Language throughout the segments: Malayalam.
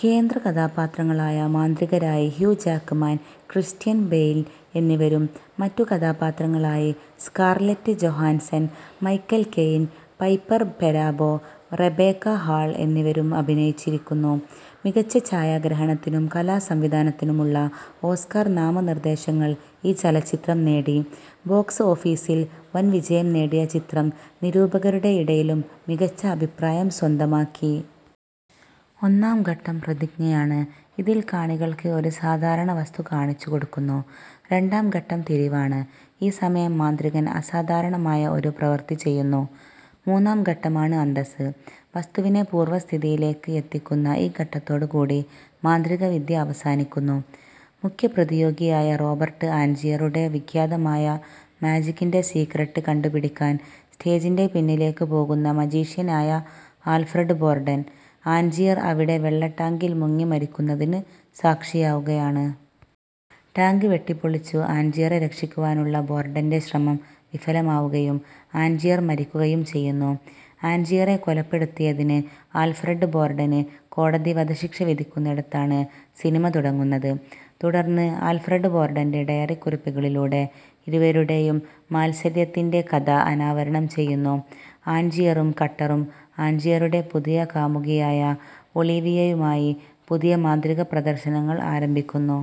കേന്ദ്രകഥാപാത്രങ്ങളായ മാന്ത്രികരായി ഹ്യൂ ജാക്ക്മാൻ, ക്രിസ്റ്റ്യൻ ബെയ്ൽ എന്നിവരും മറ്റു കഥാപാത്രങ്ങളായി Scarlett Johansson, Michael Caine, Piper Perabo, Rebecca Hall എന്നിവരും അഭിനയിച്ചിരിക്കുന്നു. മികച്ച ഛായാഗ്രഹണത്തിനും കലാസംവിധാനത്തിനുമുള്ള ഓസ്കാർ നാമനിർദ്ദേശങ്ങൾ ഈ ചലച്ചിത്രം നേടി. ബോക്സ് ഓഫീസിൽ വൻ വിജയം നേടിയ ചിത്രം നിരൂപകരുടെ ഇടയിലും മികച്ച അഭിപ്രായം സ്വന്തമാക്കി. ഒന്നാം ഘട്ടം പ്രതിജ്ഞയാണ്. ഇതിൽ കാണികൾക്ക് ഒരു സാധാരണ വസ്തു കാണിച്ചുകൊടുക്കുന്നു. രണ്ടാം ഘട്ടം തിരിവാണ്. ഈ സമയം മാന്ത്രികൻ അസാധാരണമായ ഒരു പ്രവൃത്തി ചെയ്യുന്നു. മൂന്നാം ഘട്ടമാണ് അന്തസ്സ്. വസ്തുവിനെ പൂർവ്വസ്ഥിതിയിലേക്ക് എത്തിക്കുന്ന ഈ ഘട്ടത്തോടു കൂടി മാന്ത്രികവിദ്യ അവസാനിക്കുന്നു. മുഖ്യപ്രതിയോഗിയായ റോബർട്ട് ആൻജിയറുടെ വിഖ്യാതമായ മാജിക്കിൻറെ സീക്ക്രട്ട് കണ്ടുപിടിക്കാൻ സ്റ്റേജിന്റെ പിന്നിലേക്ക് പോകുന്ന മജീഷ്യനായ ആൽഫ്രഡ് ബോർടൻ, ആന്ജിയർ അവിടെ വെള്ളടാങ്കിൽ മുങ്ങി മരിക്കുന്നതിനു സാക്ഷിയാവുകയാണ്. ടാങ്ക് വെട്ടിപ്പൊളിച്ചു ആന്ജിയറെ രക്ഷിക്കുവാനുള്ള ബോർടന്റെ ശ്രമം വിഫലമാവുകയും ആന്ജിയർ മരിക്കുകയും ചെയ്യുന്നു. ആൻജിയറെ കൊലപ്പെടുത്തിയതിന് ആൽഫ്രഡ് ബോർടന് കോടതി വധശിക്ഷ വിധിക്കുന്നിടത്താണ് സിനിമ തുടങ്ങുന്നത്. തുടർന്ന് ആൽഫ്രഡ് ബോർടന്റെ ഡയറിക്കുറിപ്പുകളിലൂടെ ഇരുവരുടെയും മാത്സര്യത്തിന്റെ കഥ അനാവരണം ചെയ്യുന്നു. ആഞ്ജിയറും കട്ടറും ആഞ്ജിയറുടെ പുതിയ കാമുകിയായ ഒളീവിയയുമായി പുതിയ മാന്ത്രിക പ്രദർശനങ്ങൾ ആരംഭിക്കുന്നു.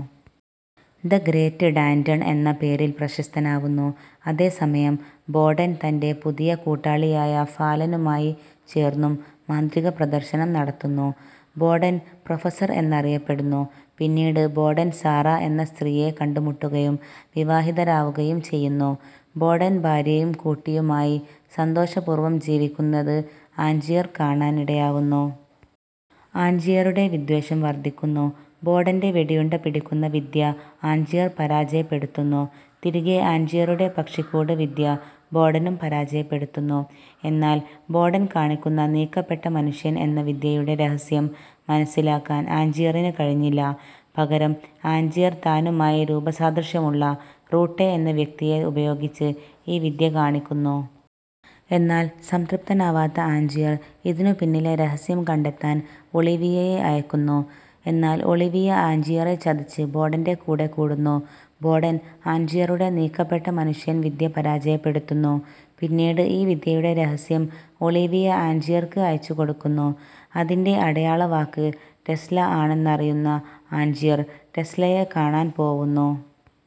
ദ ഗ്രേറ്റ് ഡാന്റൺ എന്ന പേരിൽ പ്രശസ്തനാവുന്നു. അതേ സമയം ബോഡൻ തന്റെ പുതിയ കൂട്ടാളിയായ ഫാലനുമായി ചേർന്നും മാന്ത്രിക പ്രദർശനം നടത്തുന്നു. ബോഡൻ പ്രൊഫസർ എന്നറിയപ്പെടുന്നു. പിന്നീട് ബോഡൻ സാറ എന്ന സ്ത്രീയെ കണ്ടുമുട്ടുകയും വിവാഹിതരാവുകയും ചെയ്യുന്നു. ബോഡൻ ഭാര്യയും കുട്ടിയുമായി സന്തോഷപൂർവ്വം ജീവിക്കുന്നത് ആഞ്ജിയർ കാണാനിടയാവുന്നു. ആഞ്ജിയറുടെ വിദ്വേഷം വർദ്ധിക്കുന്നു. ബോഡന്റെ വെടിയുണ്ട പിടിക്കുന്ന വിദ്യ ആഞ്ജിയർ പരാജയപ്പെടുത്തുന്നു. തിരികെ ആഞ്ജിയറുടെ പക്ഷിക്കൂട് വിദ്യ ബോഡനും പരാജയപ്പെടുത്തുന്നു. എന്നാൽ ബോഡൻ കാണിക്കുന്ന നീക്കപ്പെട്ട മനുഷ്യൻ എന്ന വിദ്യയുടെ രഹസ്യം മനസ്സിലാക്കാൻ ആഞ്ജിയറിന് കഴിഞ്ഞില്ല. പകരം ആഞ്ജിയർ താനുമായി രൂപസാദൃശ്യമുള്ള റൂട്ടെ എന്ന വ്യക്തിയെ ഉപയോഗിച്ച് ഈ വിദ്യ കാണിക്കുന്നു. എന്നാൽ സംതൃപ്തനാവാത്ത ആഞ്ജിയർ ഇതിനു പിന്നിലെ രഹസ്യം കണ്ടെത്താൻ ഒളീവിയയെ അയക്കുന്നു. എന്നാൽ ഒളീവിയ ആഞ്ജിയറെ ചതിച്ച് ബോഡന്റെ കൂടെക്കൂടുന്നു. ബോഡൻ ആഞ്ജിയറുടെ നീക്കപ്പെട്ട മനുഷ്യൻ വിദ്യ പരാജയപ്പെടുത്തുന്നു. പിന്നീട് ഈ വിദ്യയുടെ രഹസ്യം ഒളീവിയ ആഞ്ജിയർക്ക് അയച്ചു കൊടുക്കുന്നു. അതിന്റെ അടയാളവാക്ക് ടെസ്ല ആണെന്നറിയുന്ന ആഞ്ജിയർ ടെസ്ലയെ കാണാൻ പോവുന്നു.